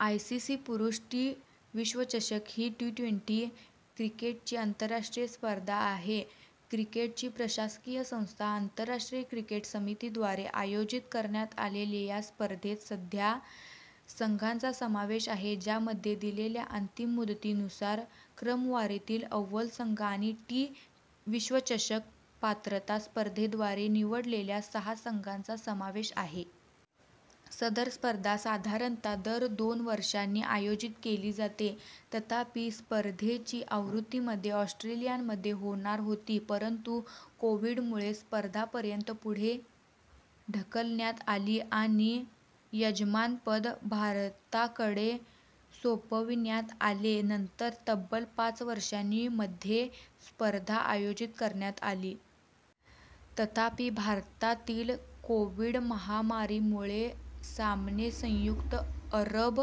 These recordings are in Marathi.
आयसीसी पुरुष टी विश्वचषक ही ट्वेंटी क्रिकेटची आंतरराष्ट्रीय स्पर्धा आहे. क्रिकेटची प्रशासकीय संस्था, आंतरराष्ट्रीय क्रिकेट समिती द्वारे आयोजित करण्यात आलेल्या या स्पर्धेत सध्या संघांचा समावेश आहे, ज्यामध्ये दिलेल्या अंतिम मुदतीनुसार क्रमवारीतील अव्वल संघ आणि टी विश्वचषक पात्रता स्पर्धेद्वारे निवडलेल्या सहा संघांचा समावेश आहे. सदर स्पर्धा साधारणतः दर दोन वर्षांनी आयोजित केली जाते. तथापि, स्पर्धेची आवृत्ती मध्ये ऑस्ट्रेलियामध्ये होणार होती, परंतु कोविड- मुळे, स्पर्धा पर्यंत पुढे ढकलण्यात आली आणि यजमानपद भारताकडे सोपविण्यात आले. नंतर तब्बल पाच वर्षांनी मध्ये स्पर्धा आयोजित करण्यात आली. तथापि, भारतातील कोविड- महामारीमुळे, सामने संयुक्त अरब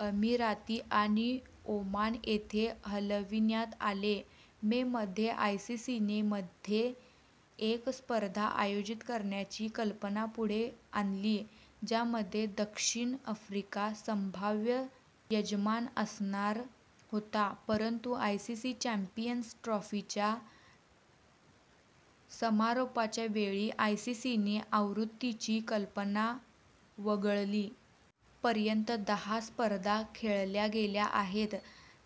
अमिराती आणि ओमान येथे हलविण्यात आले. मे मध्ये, आयसीसीने मध्ये एक स्पर्धा आयोजित करण्याची कल्पना पुढे आणली, ज्यामध्ये दक्षिण आफ्रिका संभाव्य यजमान असणार होता. परंतु आयसीसी चॅम्पियन्स ट्रॉफीच्या समारोपाच्या वेळी, आयसीसीने आवृत्तीची कल्पना वगळली. पर्यंत, दहा स्पर्धा खेळल्या गेल्या आहेत,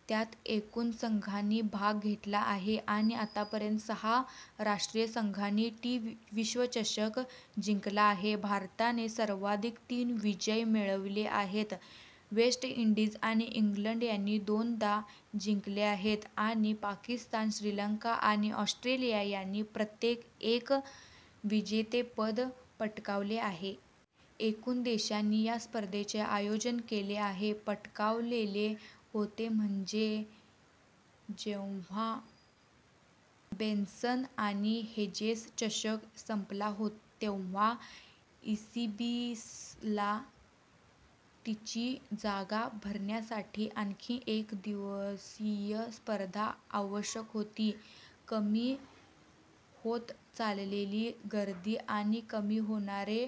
त्यात एकूण संघांनी भाग घेतला आहे आणि आतापर्यंत सहा राष्ट्रीय संघांनी टी विश्वचषक जिंकला आहे. भारताने सर्वाधिक तीन विजय मिळवले आहेत. वेस्ट इंडिज आणि इंग्लंड यांनी दोनदा जिंकले आहेत आणि पाकिस्तान, श्रीलंका आणि ऑस्ट्रेलिया यांनी प्रत्येकी एक विजेतेपद पटकावले आहे. एकूण देशांनी या स्पर्धेचे आयोजन केले आहे. पटकावले होते. मध्ये जेव्हा बेन्सन आणि हेजेस चषक संपला तेव्हा ईसीबीला तिची जागा भरण्यासाठी आणखी एक एकदिवसीय स्पर्धा आवश्यक होती. कमी होत चाललेली गर्दी आणि कमी होणारे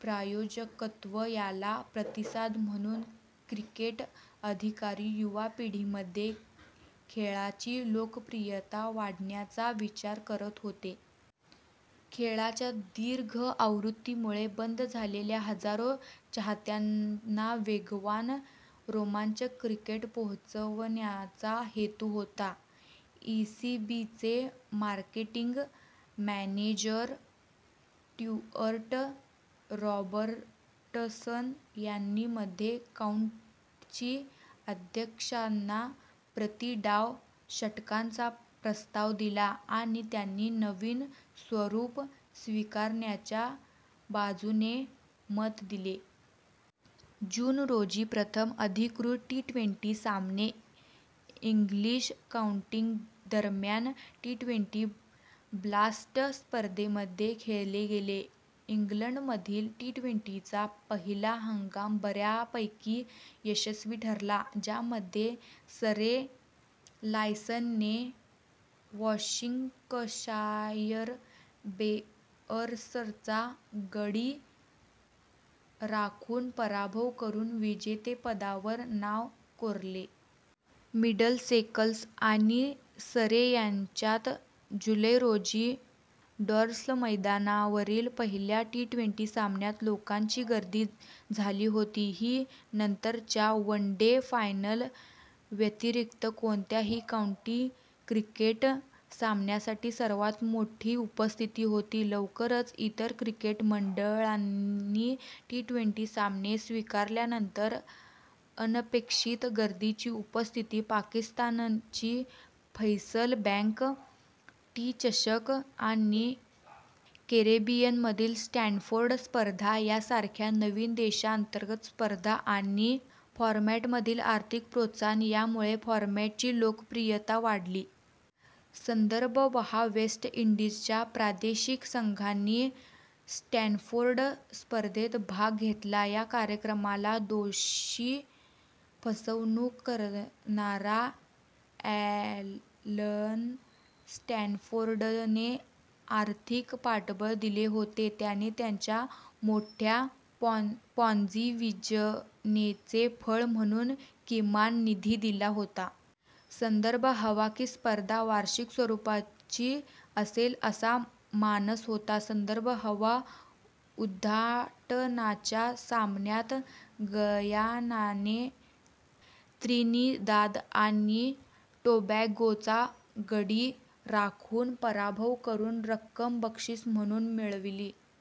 प्रायोजकत्व याला प्रतिसाद म्हणून क्रिकेट अधिकारी युवा पिढीमध्ये खेळाची लोकप्रियता वाढवण्याचा विचार करत होते. खेळाच्या दीर्घ आवृत्त्यांमुळे बंद झालेल्या हजारो चाहत्यांना वेगवान, रोमांचक क्रिकेट पोहोचवण्याचा हेतू होता. ईसीबीचे मार्केटिंग मॅनेजर स्टुअर्ट रॉबर्टसन यांनी मध्ये काउंटी अध्यक्षांना प्रति डाव षटकांचा प्रस्ताव दिला आणि त्यांनी नवीन स्वरूप स्वीकारण्याच्या बाजूने - मते दिली. जून रोजी प्रथम अधिकृत ट्वेंटी सामने इंग्लिश काउंटींदरम्यान ट्वेंटी ब्लास्ट स्पर्धेमध्ये खेळले गेले. इंग्लंडमधील ट्वेंटी- चा पहिला हंगाम बऱ्यापैकी यशस्वी ठरला, ज्यामध्ये सरे लायन्सने वॉर्विकशायर बेअर्सचा गडी राखून पराभव करून विजेतेपदावर नाव कोरले. मिडलसेक्स आणि सरे यांच्यात जुलै रोजी लॉर्ड्स मैदानावरील पहिल्या ट्वेंटी सामन्यात लोकांची गर्दी झाली होती, ही नंतरच्या वन-डे फायनल व्यतिरिक्त कोणत्याही काऊंटी क्रिकेट सामन्यासाठी सर्वात मोठी उपस्थिती होती. लवकरच इतर क्रिकेट मंडळांनी ट्वेंटी सामने स्वीकारल्यानंतर, अनपेक्षित गर्दीची उपस्थिती, पाकिस्तानची फैसल बँक टी चषक आणि कॅरेबियनमधील स्टॅनफोर्ड / स्पर्धा यांसारख्या नवीन देशांतर्गत स्पर्धा आणि फॉरमॅटमधील आर्थिक प्रोत्साहन यामुळे फॉरमॅटची लोकप्रियता वाढली. संदर्भ हवा वेस्ट इंडीजच्या प्रादेशिक संघांनी स्टॅनफोर्ड / स्पर्धेत भाग घेतला. या कार्यक्रमाला दोषी फसवणूक करणारा ॲलन स्टॅनफोर्डने आर्थिक पाठबळ दिले होते, ज्याने त्याच्या मोठ्या पॉन्झी योजनेचे फळ म्हणून किमान निधी दिला होता. संदर्भ हवा ही स्पर्धा वार्षिक स्वरूपाची असेल असा मानस होता. संदर्भ हवा उद्घाटनाच्या सामन्यात गयानाने त्रिनिदाद आणि टोबॅगोचा गडी राखून पराभव करून रक्कम बक्षीस म्हणून मिळविली.